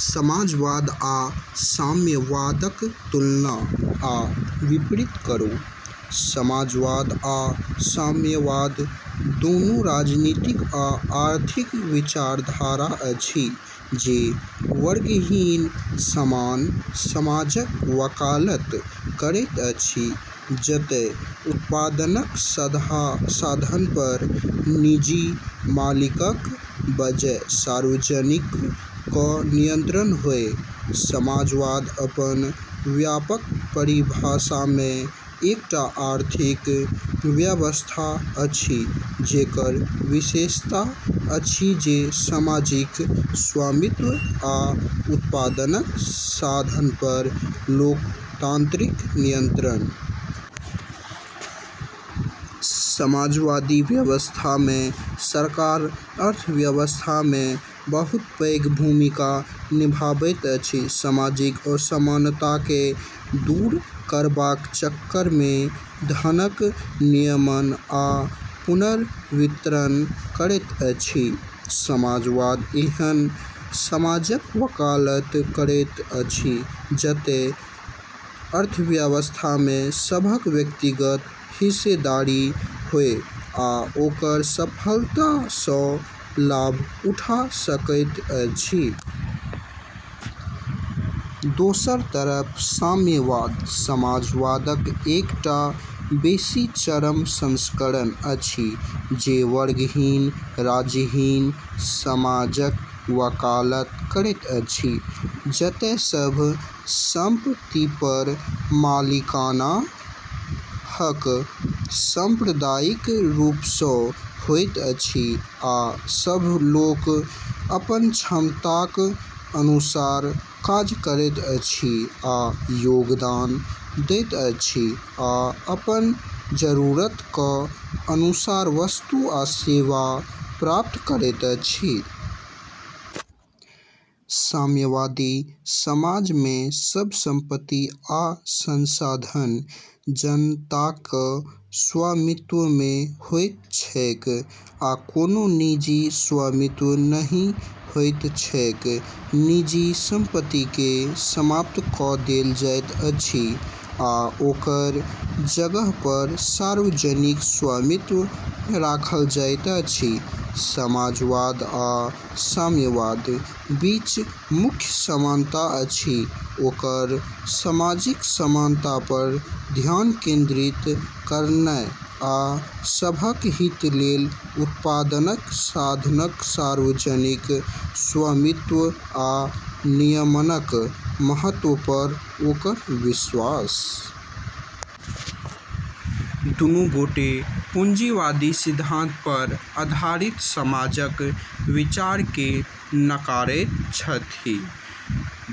समाजवाद आ साम्यवादक तुलना आ विपरीत करू। समाजवाद आ साम्यवाद दुनू राजनीतिक आ आर्थिक विचारधारा अछि जे वर्गहीन, समान समाजक वकालत करैत अछि जतय उत्पादनक साधनपर निजी मालिकक बजाय सार्वजनिकक नियन्त्रण होय। समाजवाद, अपन व्यापक परिभाषामे, एकटा आर्थिक व्यवस्था अछि जेकर विशेषता अछि जे सामाजिक स्वामित्व आ उत्पादनक साधनपर लोकतान्त्रिक नियन्त्रण। समाजवादी व्यवस्थामे सरकार अर्थव्यवस्थामे बहुत पैघ भूमिका निभाबैत अछि, सामाजिक असमानताकेँ दूर करबाक चक्करमे धनक नियमन आ पुनर्वितरण करैत अछि। समाजवाद एहन समाजक वकालत करैत अछि जतय अर्थव्यवस्थामे सभक व्यक्तिगत हिस्सेदारी होय आ ओकर सफलतासँ लाभ उठा सकैत अछि। दोसर तरफ साम्यवाद समाजवादक एकटा बेसी चरम संस्करण अछि, जे वर्गहीन, राज्यहीन समाजक वकालत करैत अछि, जतय सभ सम्पतिपर मालिकाना हक साम्प्रदायिक रूपसँ होइत अछि, आ सभ लोक अपन क्षमताक अनुसार काज करैत अछि आ योगदान दैत अछि, आ अपन जरूरतक अनुसार वस्तु आ सेवा प्राप्त करैत अछि। साम्यवादी समाजमे सभ सम्पति आ संसाधन जनताक स्वामित्वमे होइत छैक, आ कोनो निजी स्वामित्व नहि होइत छैक। निजी सम्पतिकेँ समाप्त कऽ देल जाइत अछि आ ओकर जगहपर सार्वजनिक स्वामित्व राखल जाइत अछि। समाजवाद आ साम्यवादक बीच मुख्य समानता अछि ओकर सामाजिक समानतापर ध्यान केन्द्रित करनाइ, आ सभक हितलेल उत्पादनक साधनक सार्वजनिक स्वामित्व आ नियमनक महत्वपर ओकर विश्वास। दूनू गोटे पूँजीवादी सिद्धान्तपर आधारित समाजक विचारकेँ नकारैत छथि,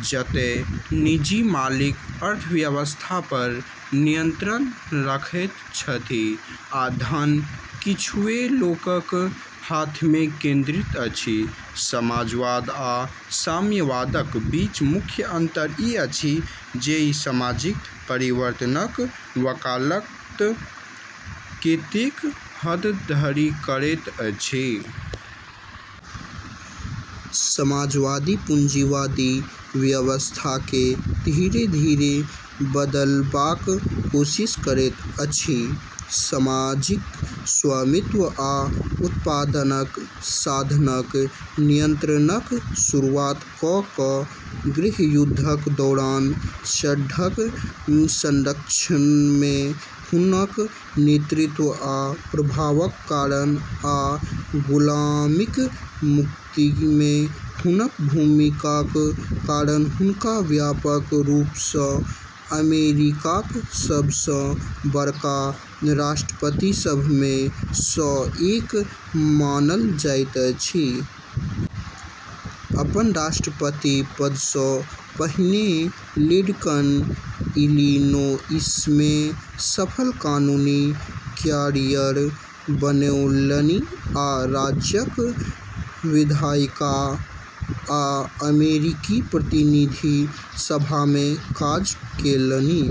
जतय निजी मालिक अर्थव्यवस्थापर नियन्त्रण रखैत छथि आ धन किछुए लोकक हाथमे केन्द्रित अछि। समाजवाद आ साम्यवादक बीच मुख्य अन्तर ई अछि जे ई सामाजिक परिवर्तनक वकालत केतेक हदधरि करैत अछि। समाजवाद पूँजीवादी व्यवस्थाकेँ धीरे-धीरे बदलबाक कोशिश करैत अछि, सामाजिक स्वामित्व आ उत्पादनक साधनक नियन्त्रणक शुरुआत कऽ कऽ। गृहयुद्धक दौरान सङ्घक संरक्षणमे हुनक नेतृत्व आ प्रभावक कारण आ गुलामीक मुक्तिमे हुनक भूमिकाक कारण हुनका व्यापक रूपसँ अमेरिकाक सबसँ बड़का राष्ट्रपतिसभमे सँ एक मानल जाइत अछि। अपन राष्ट्रपति पदसँ पहिने लिङ्कन इलिनोइसमे सफल कानूनी क्यारियर बनौलनि आ राज्यक विधायिका आ अमेरिकी प्रतिनिधि सभामे काज केलनि।